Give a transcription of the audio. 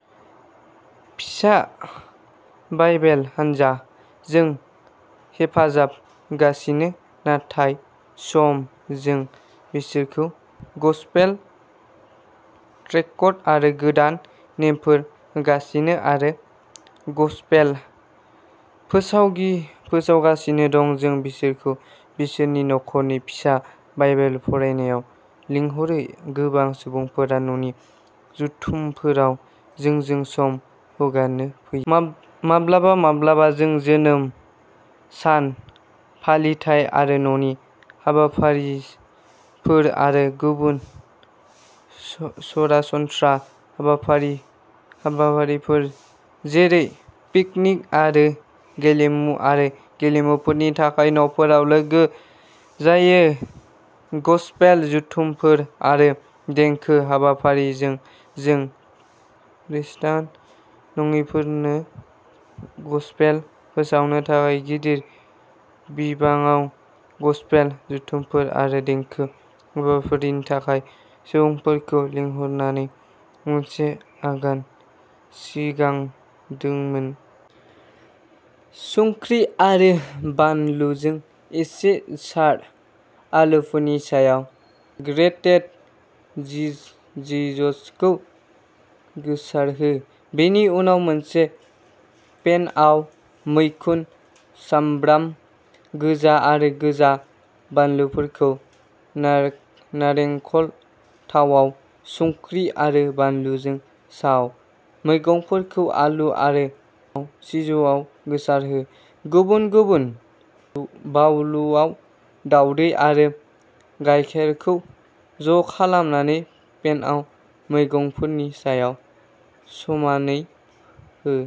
फिसा बाइबेल हानजाः जों हेफाजाब होगासिनो थानाय समाव, जों बिसोरखौ गसपेल ट्रेक्ट आरो गोदान नेमफोर होगासिनो आरो गसपेल फोसावगि फोसावगासिनो दं। जों बिसोरखौ बिसोरनि न'खरनि फिसा बाइबेल फरायनायाव लिंहरो। गोबां सुबुंफोरा न'नि जथुमफोराव जोंजों सम हगारनो फैयो। मा माब्लाबा-माब्लाबा, जों जोनोम सान फालिथाय आरो न'नि हाबाफारिफोर आरो गुबुन स-सरासनस्रा हाबाफारि हाबाफारिफोर, जेरै पिकनिक आरो गेलेमु आरो गेलेमुफोरनि थाखाय न'फोराव लोगो जायो। गसपेल जथुमफोर आरो देंखो हाबाफारिफोरजों जों ख्रीष्टान नङिफोरनो गसपेल फोसावनो थाखाय गिदिर बिबाङाव गसपेल जथुमफोर आरो देंखो हाबाफारिफोरनि थाखाय सुबुंफोरखौ लिंहरनानै मोनसे आगान सिगांदोंमोन। संख्रि आरो बानलुजों एसे सार। आलुफोरनि सायाव ग्रेटेड चिजखौ गोसारहो। बेनि उनाव मोनसे पेनआव मैखुन, सामब्राम गोजा आरो गोजा बानलुफोरखौ नारें नारेंखल थावाव संख्रि आरो बानलुजों साव। मैगंफोरखौ आलु आरो चिजआव गोसारहो। गुबुन-गुबुन बाउलआव दावदै आरो गायखेरखौ ज'खालामनानै पेनआव मैगंफोरनि सायाव समानयै हो।